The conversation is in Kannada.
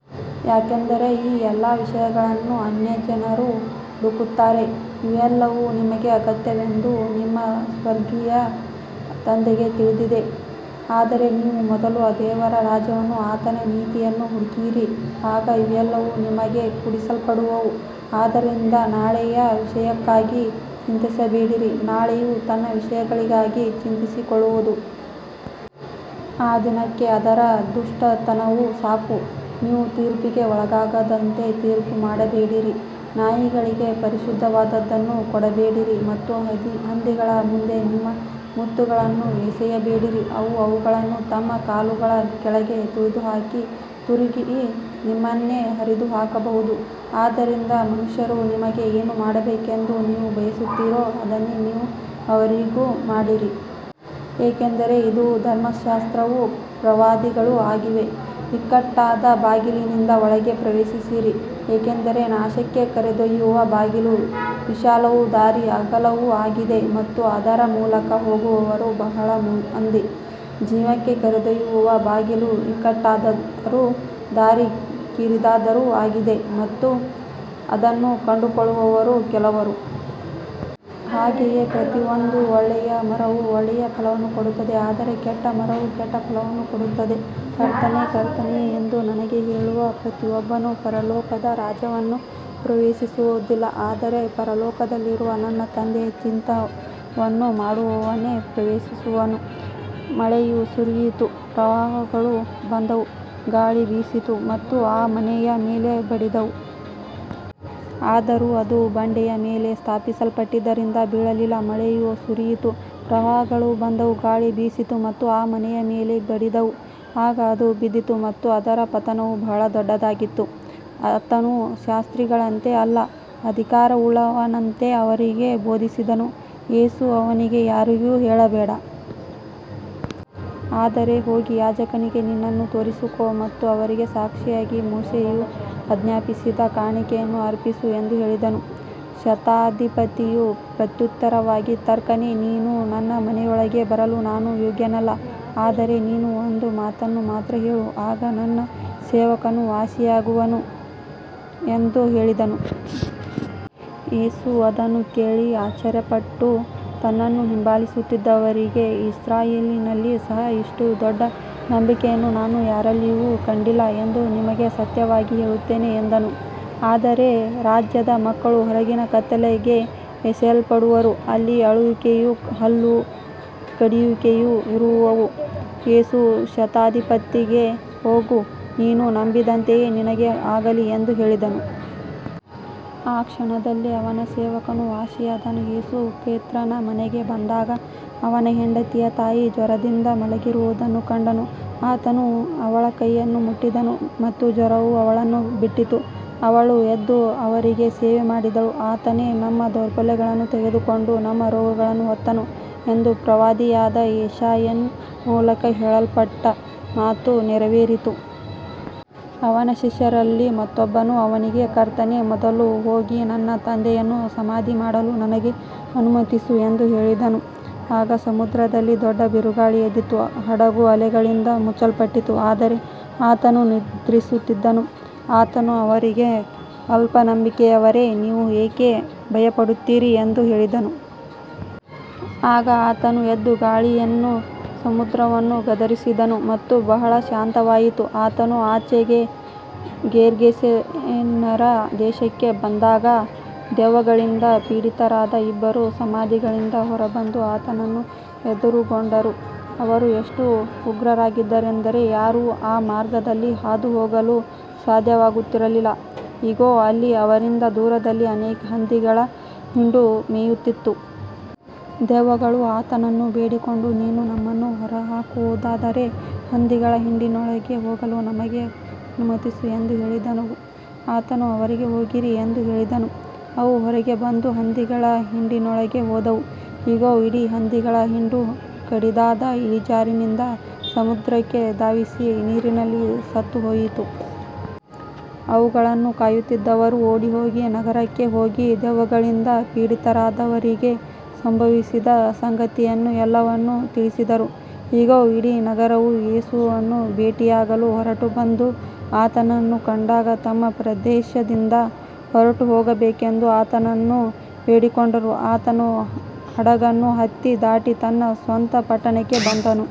ಯಾಕಂದರೆ ಈ ಎಲ್ಲಾ ವಿಷಯಗಳನ್ನು ಅನ್ಯಜನರು ಹುಡುಕುತ್ತಾರೆ. ಇವೆಲ್ಲವೂ ನಿಮಗೆ ಅಗತ್ಯವೆಂದು ನಿಮ್ಮ ಸ್ವರ್ಗೀಯ ತಂದೆಗೆ ತಿಳಿದಿದೆ. ಆದರೆ ನೀವು ಮೊದಲು ದೇವರ ರಾಜ್ಯವನ್ನೂ ಆತನ ನೀತಿಯನ್ನೂ ಹುಡುಕಿರಿ, ಆಗ ಇವೆಲ್ಲವೂ ನಿಮಗೆ ಕೂಡಿಸಲ್ಪಡುವವು. ಆದ್ದರಿಂದ ನಾಳೆಯ ವಿಷಯಕ್ಕಾಗಿ ಚಿಂತಿಸಬೇಡಿರಿ, ನಾಳೆಯು ತನ್ನ ವಿಷಯಗಳಿಗಾಗಿ ಚಿಂತಿಸಿಕೊಳ್ಳುವುದು. ಆ ದಿನಕ್ಕೆ ಅದರ ದುಷ್ಟತನವು ಸಾಕು. ನೀವು ತೀರ್ಪಿಗೆ ಒಳಗಾಗದಂತೆ ತೀರ್ಪು ಮಾಡಬೇಡಿರಿ. ನಾಯಿಗಳಿಗೆ ಪರಿಶುದ್ಧವಾದದ್ದನ್ನು ಕೊಡಬೇಡಿರಿ ಮತ್ತು ಹಂದಿಗಳ ಮುಂದೆ ನಿಮ್ಮ ಮುತ್ತುಗಳನ್ನು ಎಸೆಯಬೇಡಿರಿ. ಅವು ಅವುಗಳನ್ನು ತಮ್ಮ ಕಾಲುಗಳ ಕೆಳಗೆ ತುಳಿದುಹಾಕಿ ತಿರುಗಿ ನಿಮ್ಮನ್ನೇ ಹರಿದುಹಾಕಬಹುದು. ಆದ್ದರಿಂದ ಮನುಷ್ಯರು ನಿಮಗೆ ಏನು ಮಾಡಬೇಕೆಂದು ನೀವು ಬಯಸುತ್ತೀರೋ ಅದನ್ನೇ ನೀವು ಅವರಿಗೂ ಮಾಡಿರಿ. ಏಕೆಂದರೆ ಇದು ಧರ್ಮಶಾಸ್ತ್ರವೂ ಪ್ರವಾದಿಗಳೂ ಆಗಿವೆ. ಇಕ್ಕಟ್ಟಾದ ಬಾಗಿಲಿನಿಂದ ಒಳಗೆ ಪ್ರವೇಶಿಸಿರಿ. ಏಕೆಂದರೆ ನಾಶಕ್ಕೆ ಕರೆದೊಯ್ಯುವ ಬಾಗಿಲು ವಿಶಾಲವೂ ದಾರಿ ಅಗಲವೂ ಆಗಿದೆ ಮತ್ತು ಅದರ ಮೂಲಕ ಹೋಗುವವರು ಬಹಳ ಮಂದಿ. ಜೀವಕ್ಕೆ ಕರೆದೊಯ್ಯುವ ಬಾಗಿಲು ಇಕ್ಕಟ್ಟಾದದ್ದೂ ದಾರಿ ಕಿರಿದಾದದ್ದೂ ಆಗಿದೆ ಮತ್ತು ಅದನ್ನು ಕಂಡುಕೊಳ್ಳುವವರು ಕೆಲವರು. ಹಾಗೆಯೇ ಪ್ರತಿಯೊಂದು ಒಳ್ಳೆಯ ಮರವು ಒಳ್ಳೆಯ ಫಲವನ್ನು ಕೊಡುತ್ತದೆ, ಆದರೆ ಕೆಟ್ಟ ಮರವು ಕೆಟ್ಟ ಫಲವನ್ನು ಕೊಡುತ್ತದೆ. ಕರ್ತನೇ, ಕರ್ತನೇ ಎಂದು ನನಗೆ ಹೇಳುವ ಪ್ರತಿಯೊಬ್ಬನು ಪರಲೋಕದ ರಾಜ್ಯವನ್ನು ಪ್ರವೇಶಿಸುವುದಿಲ್ಲ. ಆದರೆ ಪರಲೋಕದಲ್ಲಿರುವ ನನ್ನ ತಂದೆಯ ಚಿತ್ತವನ್ನು ಮಾಡುವವನೇ ಪ್ರವೇಶಿಸುವನು. ಮಳೆಯು ಸುರಿಯಿತು, ಪ್ರವಾಹಗಳು ಬಂದವು, ಗಾಳಿ ಬೀಸಿತು ಮತ್ತು ಆ ಮನೆಯ ಮೇಲೆ ಬಡಿದವು. ಆದರೂ ಅದು ಬಂಡೆಯ ಮೇಲೆ ಸ್ಥಾಪಿಸಲ್ಪಟ್ಟಿದ್ದರಿಂದ ಬೀಳಲಿಲ್ಲ. ಮಳೆಯು ಸುರಿಯಿತು, ಪ್ರವಾಹಗಳು ಬಂದವು, ಗಾಳಿ ಬೀಸಿತು ಮತ್ತು ಆ ಮನೆಯ ಮೇಲೆ ಬಡಿದವು. ಆಗ ಅದು ಬಿದ್ದಿತು ಮತ್ತು ಅದರ ಪತನವು ಬಹಳ ದೊಡ್ಡದಾಗಿತ್ತು. ಆತನು ಶಾಸ್ತ್ರಿಗಳಂತೆ ಅಲ್ಲ, ಅಧಿಕಾರವುಳ್ಳವನಂತೆ ಅವರಿಗೆ ಬೋಧಿಸಿದನು. ಯೇಸು ಅವನಿಗೆ, ಯಾರಿಗೂ ಹೇಳಬೇಡ. ಆದರೆ ಹೋಗಿ ಯಾಜಕನಿಗೆ ನಿನ್ನನ್ನು ತೋರಿಸಿಕೊ ಮತ್ತು ಅವರಿಗೆ ಸಾಕ್ಷಿಯಾಗಿ ಮೋಶೆಯು ಆಜ್ಞಾಪಿಸಿದ ಕಾಣಿಕೆಯನ್ನು ಅರ್ಪಿಸು ಎಂದು ಹೇಳಿದನು. ಶತಾಧಿಪತಿಯು ಪ್ರತ್ಯುತ್ತರವಾಗಿ, ಕರ್ತನೇ, ನೀನು ನನ್ನ ಮನೆಯೊಳಗೆ ಬರಲು ನಾನು ಯೋಗ್ಯನಲ್ಲ. ಆದರೆ ನೀನು ಒಂದು ಮಾತನ್ನು ಮಾತ್ರ ಹೇಳು, ಆಗ ನನ್ನ ಸೇವಕನು ವಾಸಿಯಾಗುವನು ಎಂದು ಹೇಳಿದನು. ಯೇಸು ಅದನ್ನು ಕೇಳಿ ಆಶ್ಚರ್ಯಪಟ್ಟು, ತನ್ನನ್ನು ಹಿಂಬಾಲಿಸುತ್ತಿದ್ದವರಿಗೆ, ಇಸ್ರಾಯೇಲಿನಲ್ಲಿ ಸಹ ಇಷ್ಟು ದೊಡ್ಡ ನಂಬಿಕೆಯನ್ನು ನಾನು ಯಾರಲ್ಲಿಯೂ ಕಂಡಿಲ್ಲ ಎಂದು ನಿಮಗೆ ಸತ್ಯವಾಗಿ ಹೇಳುತ್ತೇನೆ ಎಂದನು. ಆದರೆ ರಾಜ್ಯದ ಮಕ್ಕಳು ಹೊರಗಿನ ಕತ್ತಲೆಗೆ ಎಸೆಯಲ್ಪಡುವರು. ಅಲ್ಲಿ ಅಳುವಿಕೆಯೂ ಹಲ್ಲು ಕಡಿಯುವಿಕೆಯೂ ಇರುವವು. ಯೇಸು ಶತಾಧಿಪತಿಗೆ, ಹೋಗು, ನೀನು ನಂಬಿದಂತೆಯೇ ನಿನಗೆ ಆಗಲಿ ಎಂದು ಹೇಳಿದನು. ಆ ಕ್ಷಣದಲ್ಲೇ ಅವನ ಸೇವಕನು ವಾಸಿಯಾದನು. ಯೇಸು ಪೇತ್ರನ ಮನೆಗೆ ಬಂದಾಗ, ಅವನ ಹೆಂಡತಿಯ ತಾಯಿ ಜ್ವರದಿಂದ ಮಲಗಿರುವುದನ್ನು ಕಂಡನು. ಆತನು ಅವಳ ಕೈಯನ್ನು ಮುಟ್ಟಿದನು ಮತ್ತು ಜ್ವರವು ಅವಳನ್ನು ಬಿಟ್ಟಿತು. ಅವಳು ಎದ್ದು ಅವರಿಗೆ ಸೇವೆಮಾಡಿದಳು. ಆತನೇ ನಮ್ಮ ದೌರ್ಬಲ್ಯಗಳನ್ನು ತೆಗೆದುಕೊಂಡು ನಮ್ಮ ರೋಗಗಳನ್ನು ಹೊತ್ತನು ಎಂದು ಪ್ರವಾದಿಯಾದ ಯೆಶಾಯನ ಮೂಲಕ ಹೇಳಲ್ಪಟ್ಟ ಮಾತು ನೆರವೇರಿತು. ಅವನ ಶಿಷ್ಯರಲ್ಲಿ ಮತ್ತೊಬ್ಬನು ಅವನಿಗೆ, ಕರ್ತನೇ, ಮೊದಲು ಹೋಗಿ ನನ್ನ ತಂದೆಯನ್ನು ಸಮಾಧಿ ಮಾಡಲು ನನಗೆ ಅನುಮತಿಸು ಎಂದು ಹೇಳಿದನು. ಆಗ ಸಮುದ್ರದಲ್ಲಿ ದೊಡ್ಡ ಬಿರುಗಾಳಿ ಎದ್ದಿತು. ಹಡಗು ಅಲೆಗಳಿಂದ ಮುಚ್ಚಲ್ಪಟ್ಟಿತು, ಆದರೆ ಆತನು ನಿದ್ರಿಸುತ್ತಿದ್ದನು. ಆತನು ಅವರಿಗೆ, ಅಲ್ಪನಂಬಿಕೆಯವರೇ, ನೀವು ಏಕೆ ಭಯಪಡುತ್ತೀರಿ ಎಂದು ಹೇಳಿದನು. ಆಗ ಆತನು ಎದ್ದು ಗಾಳಿಯನ್ನೂ ಸಮುದ್ರವನ್ನೂ ಗದರಿಸಿದನು ಮತ್ತು ಬಹಳ ಶಾಂತವಾಯಿತು. ಆತನು ಆಚೆಗೆ ಗೆರ್ಗೆಸೇನರ ದೇಶಕ್ಕೆ ಬಂದಾಗ, ದೆವ್ವಗಳಿಂದ ಪೀಡಿತರಾದ ಇಬ್ಬರು ಸಮಾಧಿಗಳಿಂದ ಹೊರಬಂದು ಆತನನ್ನು ಎದುರುಗೊಂಡರು. ಅವರು ಎಷ್ಟು ಉಗ್ರರಾಗಿದ್ದರೆಂದರೆ ಯಾರೂ ಆ ಮಾರ್ಗದಲ್ಲಿ ಹಾದುಹೋಗಲು ಸಾಧ್ಯವಾಗುತ್ತಿರಲಿಲ್ಲ. ಇಗೋ, ಅಲ್ಲಿ ಅವರಿಂದ ದೂರದಲ್ಲಿ ಅನೇಕ ಹಂದಿಗಳ ಹಿಂಡು ಮೇಯುತ್ತಿತ್ತು. ದೆವ್ವಗಳು ಆತನನ್ನು ಬೇಡಿಕೊಂಡು, ನೀನು ನಮ್ಮನ್ನು ಹೊರಹಾಕುವುದಾದರೆ, ಹಂದಿಗಳ ಹಿಂಡಿನೊಳಗೆ ಹೋಗಲು ನಮಗೆ ಅನುಮತಿಸು ಎಂದು ಹೇಳಿದವು. ಆತನು ಅವರಿಗೆ, ಹೋಗಿರಿ ಎಂದು ಹೇಳಿದನು. ಅವು ಹೊರಗೆ ಬಂದು ಹಂದಿಗಳ ಹಿಂಡಿನೊಳಗೆ ಹೋದವು. ಇಗೋ, ಇಡೀ ಹಂದಿಗಳ ಹಿಂಡು ಕಡಿದಾದ ಇಳಿಜಾರಿನಿಂದ ಸಮುದ್ರಕ್ಕೆ ಧಾವಿಸಿ ನೀರಿನಲ್ಲಿ ಸತ್ತುಹೋಯಿತು. ಅವುಗಳನ್ನು ಕಾಯುತ್ತಿದ್ದವರು ಓಡಿಹೋಗಿ ನಗರಕ್ಕೆ ಹೋಗಿ, ದೆವ್ವಗಳಿಂದ ಪೀಡಿತರಾದವರಿಗೆ ಸಂಭವಿಸಿದ ಸಂಗತಿಯನ್ನೂ ಎಲ್ಲವನ್ನೂ ತಿಳಿಸಿದರು. ಇಗೋ, ಇಡೀ ನಗರವು ಯೇಸುವನ್ನು ಭೇಟಿಯಾಗಲು ಹೊರಟುಬಂದು, ಆತನನ್ನು ಕಂಡಾಗ ತಮ್ಮ ಪ್ರದೇಶದಿಂದ ಹೊರಟುಹೋಗಬೇಕೆಂದು ಆತನನ್ನು ಬೇಡಿಕೊಂಡರು. ಆತನು ಹಡಗನ್ನು ಹತ್ತಿ ದಾಟಿ ತನ್ನ ಸ್ವಂತ ಪಟ್ಟಣಕ್ಕೆ ಬಂದನು.